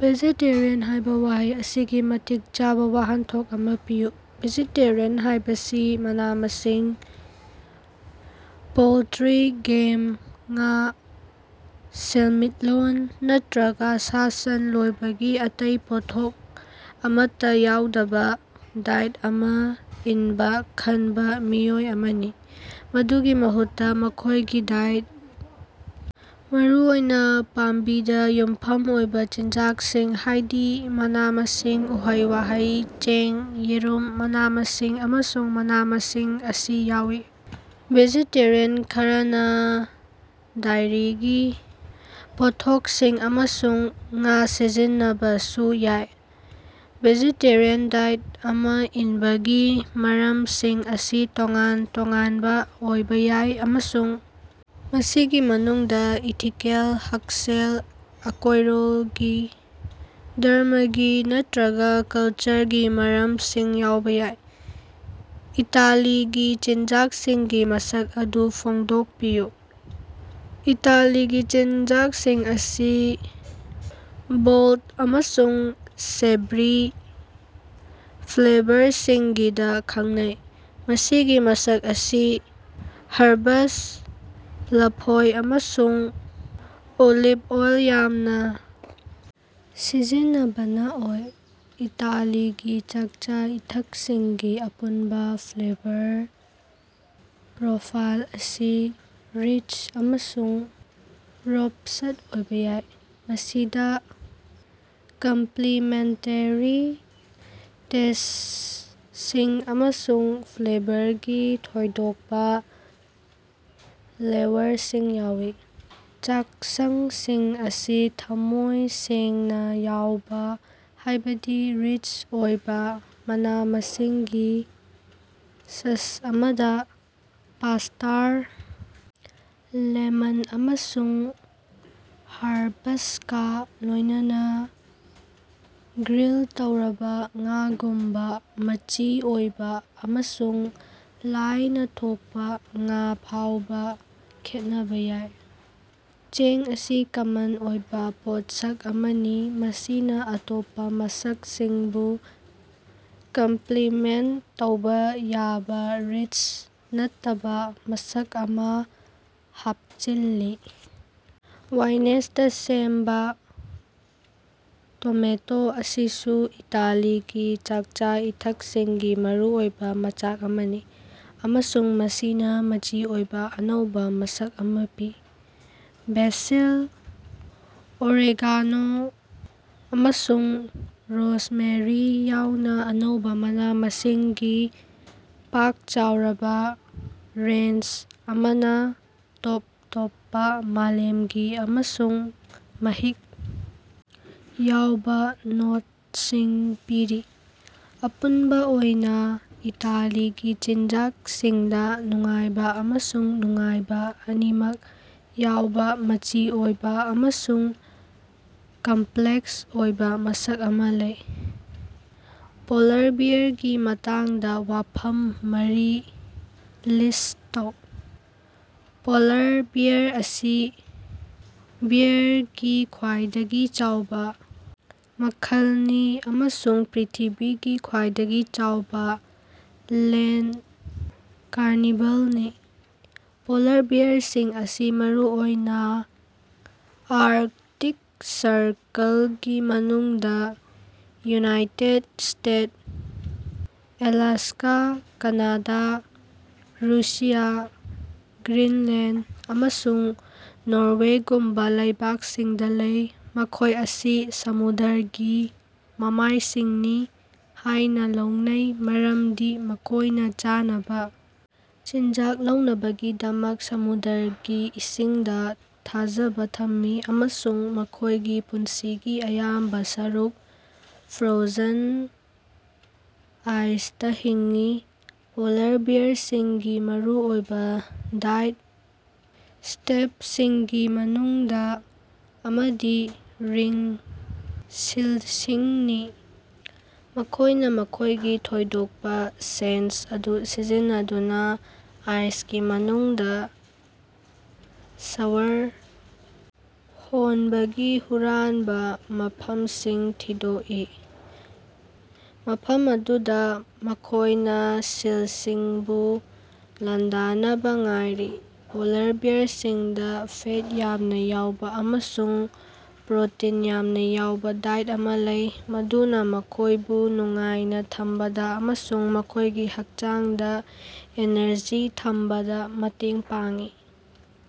Vegetarian ꯍꯥꯏꯕ ꯋꯥꯍꯩ ꯑꯁꯤꯒꯤ ꯃꯇꯤꯛ ꯆꯥꯕ ꯋꯥꯍꯟꯊꯣꯛ ꯑꯃ ꯄꯤꯌꯨ꯫ ꯚꯦꯖꯦꯇꯦꯔꯤꯌꯥꯟ ꯍꯥꯏꯕꯁꯤ ꯃꯅꯥ-ꯃꯁꯤꯡ, ꯄꯣꯜꯇ꯭ꯔꯤ, ꯒꯦꯝ, ꯉꯥ, ꯁꯦꯜꯃꯤꯠꯂꯣꯟ ꯅꯠꯇ꯭ꯔꯒ ꯁꯥ-ꯁꯟ ꯂꯣꯏꯕꯒꯤ ꯑꯇꯩ ꯄꯣꯠꯊꯣꯛ ꯑꯃꯠꯇ ꯌꯥꯎꯗꯕ ꯗꯥꯏꯠ ꯑꯃ ꯏꯟꯕ ꯈꯟꯕ ꯃꯤꯑꯣꯏ ꯑꯃꯅꯤ꯫ ꯃꯗꯨꯒꯤ ꯃꯍꯨꯠꯇ, ꯃꯈꯣꯏꯒꯤ ꯗꯥꯏꯇꯗ ꯃꯔꯨꯑꯣꯏꯅ ꯄꯥꯝꯕꯤꯗ ꯌꯨꯝꯐꯝ ꯑꯣꯏꯕ ꯆꯤꯟꯖꯥꯛꯁꯤꯡ ꯍꯥꯏꯗꯤ ꯃꯅꯥ-ꯃꯁꯤꯡ, ꯎꯍꯩ-ꯋꯥꯍꯩ, ꯆꯦꯡ, ꯌꯦꯔꯨꯝ, ꯃꯅꯥ-ꯃꯁꯤꯡ, ꯑꯃꯁꯨꯡ ꯃꯅꯥ-ꯃꯁꯤꯡ ꯑꯁꯤ ꯌꯥꯎꯏ꯫ ꯚꯦꯖꯦꯇꯦꯔꯤꯌꯥꯟ ꯈꯔꯅ ꯗꯥꯏꯔꯤꯒꯤ ꯄꯣꯠꯊꯣꯛꯁꯤꯡ ꯑꯃꯁꯨꯡ ꯉꯥ ꯁꯤꯖꯤꯟꯅꯕꯁꯨ ꯌꯥꯏ꯫ ꯚꯦꯖꯦꯇꯦꯔꯤꯌꯥꯟ ꯗꯥꯏꯠ ꯑꯃ ꯏꯟꯕꯒꯤ ꯃꯔꯝꯁꯤꯡ ꯑꯁꯤ ꯇꯣꯉꯥꯟ-ꯇꯣꯉꯥꯟꯕ ꯑꯣꯏꯕ ꯌꯥꯏ꯫ ꯑꯃꯁꯨꯡ ꯃꯁꯤꯒꯤ ꯃꯅꯨꯡꯗ ꯏꯊꯤꯀꯦꯜ, ꯍꯛꯁꯦꯜ, ꯑꯀꯣꯏꯔꯣꯜꯒꯤ, ꯙꯔꯝꯃꯒꯤ ꯅꯠꯇ꯭ꯔꯒ ꯀꯜꯆꯔꯒꯤ ꯃꯔꯝꯁꯤꯡ ꯌꯥꯎꯕ ꯌꯥꯏ꯫ ꯏꯇꯥꯂꯤꯒꯤ ꯆꯤꯟꯖꯥꯛꯁꯤꯡꯒꯤ ꯃꯁꯛ ꯑꯗꯨ ꯐꯣꯡꯗꯣꯛꯄꯤꯌꯨ꯫ ꯏꯇꯥꯂꯤꯒꯤ ꯆꯤꯟꯖꯥꯛꯁꯤꯡ ꯑꯁꯤ ꯕꯣꯜꯗ ꯑꯃꯁꯨꯡ ꯁꯦꯚꯔꯤ ꯐ꯭ꯂꯦꯕꯔꯁꯤꯡꯒꯤꯗ ꯈꯪꯅꯩ, ꯃꯁꯤꯒꯤ ꯃꯁꯛ ꯑꯁꯤ ꯍꯔꯕꯁ, ꯂꯐꯣꯏ ꯑꯃꯁꯨꯡ ꯑꯣꯂꯤꯚ ꯑꯣꯏꯜ ꯌꯥꯝꯅ ꯁꯤꯖꯤꯟꯅꯕꯅ ꯑꯣꯏ꯫ ꯏꯇꯥꯂꯤꯒꯤ ꯆꯥꯛꯆꯥ-ꯏꯊꯛꯁꯤꯡꯒꯤ ꯑꯄꯨꯟꯕ ꯐ꯭ꯂꯦꯕꯔ ꯄ꯭ꯔꯣꯐꯥꯏꯜ ꯑꯁꯤ ꯔꯤꯆ ꯑꯃꯁꯨꯡ ꯔꯣꯕꯁ꯭ꯠ ꯑꯣꯏꯕꯥ ꯌꯥꯏ꯫ ꯃꯁꯤꯗ ꯀꯝꯄꯂꯤꯃꯦꯟꯇꯦꯔꯤ ꯇꯦꯁ꯭ꯇꯁꯤꯡ ꯑꯃꯁꯨꯡ ꯐ꯭ꯂꯦꯕꯔꯒꯤ ꯊꯣꯏꯗꯣꯛꯄ ꯂꯦꯌꯔꯁꯤꯡ ꯌꯥꯎꯏ꯫ ꯆꯥꯛꯁꯪꯁꯤꯡ ꯑꯁꯤ ꯊꯃꯣꯏ ꯁꯦꯡꯅ ꯌꯥꯎꯕ, ꯍꯥꯏꯕꯗꯤ ꯔꯤꯆ ꯑꯣꯏꯕ ꯃꯅꯥ-ꯃꯁꯤꯡꯒꯤ ꯁꯁ ꯑꯃꯗ ꯄꯥꯁ꯭ꯇꯥꯔ, ꯂꯦꯃꯟ ꯑꯃꯁꯨꯡ ꯍꯔꯕꯁꯀꯥ ꯂꯣꯏꯅꯅ ꯒ꯭ꯔꯤꯜ ꯇꯧꯔꯕ ꯉꯥꯒꯨꯝꯕ ꯃꯆꯤ ꯑꯣꯏꯕ ꯑꯃꯁꯨꯡ ꯂꯥꯏꯅ ꯊꯣꯛꯄ ꯉꯥ ꯐꯥꯎꯕ ꯈꯦꯠꯅꯕ ꯌꯥꯏ꯫ ꯆꯦꯡ ꯑꯁꯤ ꯀꯃꯟ ꯑꯣꯏꯕ ꯄꯣꯠꯁꯛ ꯑꯃꯅꯤ꯫ ꯃꯁꯤꯅ ꯑꯇꯣꯞꯄ ꯃꯁꯛꯁꯤꯡꯕꯨ ꯀꯝꯞꯂꯤꯃꯦꯟꯇ ꯇꯧꯕ ꯌꯥꯕ ꯔꯤꯆ, ꯅꯠꯇꯕ ꯃꯁꯛ ꯑꯃ ꯍꯥꯄꯆꯤꯜꯂꯤ꯫ ꯋꯥꯏꯅꯦꯁꯇ ꯁꯦꯝꯕ ꯇꯣꯃꯦꯇꯣ ꯑꯁꯤꯁꯨ ꯏꯇꯥꯂꯤꯒꯤ ꯆꯥꯛꯆꯥ-ꯏꯊꯛꯁꯤꯡꯒꯤ ꯃꯔꯨꯑꯣꯏꯕ ꯃꯆꯥꯛ ꯑꯃꯅꯤ꯫ ꯑꯃꯁꯨꯡ ꯃꯁꯤꯅ ꯃꯆꯤ ꯑꯣꯏꯕ ꯑꯅꯧꯕ ꯃꯁꯛ ꯑꯃ ꯄꯤ꯫ ꯕꯦꯁꯤꯜ, ꯑꯣꯔꯦꯒꯥꯅꯣ, ꯑꯃꯁꯨꯡ ꯔꯣꯁꯃꯦꯔꯤ ꯌꯥꯎꯅ ꯑꯅꯧꯕ ꯃꯅꯥ-ꯃꯁꯤꯡꯒꯤ ꯄꯥꯛ ꯆꯥꯎꯔꯕ ꯔꯦꯟꯖ ꯑꯃꯅ ꯇꯣꯞ ꯇꯣꯞꯄ ꯃꯥꯂꯦꯝꯒꯤ ꯑꯃꯁꯨꯡ ꯃꯍꯤꯛ ꯌꯥꯎꯕ ꯅꯣꯠꯁꯤꯡ ꯄꯤꯔꯤ꯫ ꯑꯄꯨꯟꯕ ꯑꯣꯏꯅ ꯏꯇꯥꯂꯤꯒꯤ ꯆꯤꯟꯖꯥꯛꯁꯤꯡꯗ ꯅꯨꯡꯉꯥꯏꯕ ꯑꯃꯁꯨꯡ ꯅꯨꯡꯉꯥꯏꯕ ꯑꯅꯤꯃꯛ ꯌꯥꯎꯕ ꯃꯆꯤ ꯑꯣꯏꯕ ꯑꯃꯁꯨꯡ ꯀꯝꯞꯂꯦꯛꯁ ꯑꯣꯏꯕ ꯃꯁꯛ ꯑꯃ ꯂꯩ꯫ ꯄꯣꯂꯔ ꯕꯦꯌꯥꯔꯒꯤ ꯃꯇꯥꯡꯗ ꯋꯥꯐꯝ ꯃꯔꯤ ꯂꯤꯁ꯭ꯠ ꯇꯧ꯫ ꯄꯣꯂꯥꯔ ꯕꯦꯌꯥꯔ ꯑꯁꯤ ꯕꯦꯌꯥꯔꯒꯤ ꯈ꯭ꯋꯥꯏꯗꯒꯤ ꯆꯥꯎꯕ ꯃꯈꯜꯅꯤ ꯑꯃꯁꯨꯡ ꯄ꯭ꯔ꯭ꯤꯊꯤꯕꯤꯒꯤ ꯈ꯭ꯋꯥꯏꯗꯒꯤ ꯆꯥꯎꯕ ꯂꯦꯟꯗ ꯀꯥꯔꯅꯤꯚꯔꯅꯤ꯫ ꯄꯣꯂꯥꯔ ꯕꯦꯌꯥꯔꯁꯤꯡ ꯑꯁꯤ ꯃꯔꯨꯑꯣꯏꯅ ꯑꯥꯔꯛꯇꯤꯛ ꯁꯔꯀꯜꯒꯤ ꯃꯅꯨꯡꯗ United States (Alaska), Canada, Russia, Greenland, ꯑꯃꯁꯨꯡ ꯅꯣꯔꯋꯦꯒꯨꯝꯕ ꯂꯩꯕꯥꯛꯁꯤꯡꯗ ꯂꯩ꯫ ꯃꯈꯣꯏ ꯑꯁꯤ ꯁꯃꯨꯗ꯭ꯔꯒꯤ ꯃꯃꯥꯏꯁꯤꯡꯅꯤ ꯍꯥꯏꯅ ꯂꯧꯅꯩ ꯃꯔꯝꯗꯤ ꯃꯈꯣꯏꯅ ꯆꯥꯅꯕ ꯆꯤꯟꯖꯥꯛ ꯂꯧꯅꯕꯒꯤꯗꯃꯛ ꯁꯃꯨꯗ꯭ꯔꯒꯤ ꯏꯁꯤꯡꯗ ꯊꯥꯖꯕ ꯊꯝꯃꯤ ꯫ ꯑꯃꯁꯨꯡ ꯃꯈꯣꯏꯒꯤ ꯄꯨꯟꯁꯤꯒꯤ ꯑꯌꯥꯝꯕ ꯁꯔꯨꯛ ꯐ꯭ꯔꯣꯖꯟ ꯑꯥꯏꯁꯇꯥ ꯍꯤꯡꯏ꯫ ꯄꯣꯂꯥꯔ ꯕꯦꯌꯥꯔꯁꯤꯡꯒꯤ ꯃꯔꯨꯑꯣꯏꯕ ꯗꯥꯏꯠ ꯁ꯭ꯇꯦꯄꯂꯁꯤꯡꯒꯤ ꯃꯅꯨꯡꯗ ꯑꯃꯗꯤ ꯔꯤꯡ ꯁꯤꯜꯁꯤꯡꯅꯤ꯫ ꯃꯈꯣꯏꯅ ꯃꯈꯣꯏꯒꯤ ꯊꯣꯏꯗꯣꯛꯄ ꯁꯦꯟꯁ ꯑꯗꯨ ꯁꯤꯖꯤꯟꯅꯗꯨꯅ ꯑꯥꯏꯁꯀꯤ ꯃꯅꯨꯡꯗ ꯁ꯭ꯋꯔ ꯍꯣꯟꯕꯒꯤ ꯍꯨꯔꯥꯟꯕ ꯃꯐꯝꯁꯤꯡ ꯊꯤꯗꯣꯛꯏ꯫ ꯃꯐꯝ ꯑꯗꯨꯗ ꯃꯈꯣꯏꯅ ꯁꯤꯜꯁꯤꯡꯕꯨ ꯂꯥꯟꯗꯥꯅꯕ ꯉꯥꯏꯔꯤ꯫ ꯄꯣꯂꯥꯔ ꯕꯦꯌꯥꯔꯁꯤꯡꯗ ꯐꯦꯠ ꯌꯥꯝꯅ ꯌꯥꯎꯕ ꯑꯃꯁꯨꯡ ꯄ꯭ꯔꯣꯇꯤꯟ ꯌꯥꯝꯅ ꯌꯥꯎꯕ ꯗꯥꯏꯠ ꯑꯃ ꯂꯩ꯫ ꯃꯗꯨꯅ ꯃꯈꯣꯏꯕꯨ ꯅꯨꯡꯉꯥꯏꯅ ꯊꯝꯕꯗ ꯑꯃꯁꯨꯡ ꯃꯈꯣꯏꯒꯤ ꯍꯛꯆꯥꯡꯗ ꯑꯦꯅꯔꯖꯤ ꯊꯝꯕꯗ ꯃꯇꯦꯡ ꯄꯥꯡꯏ꯫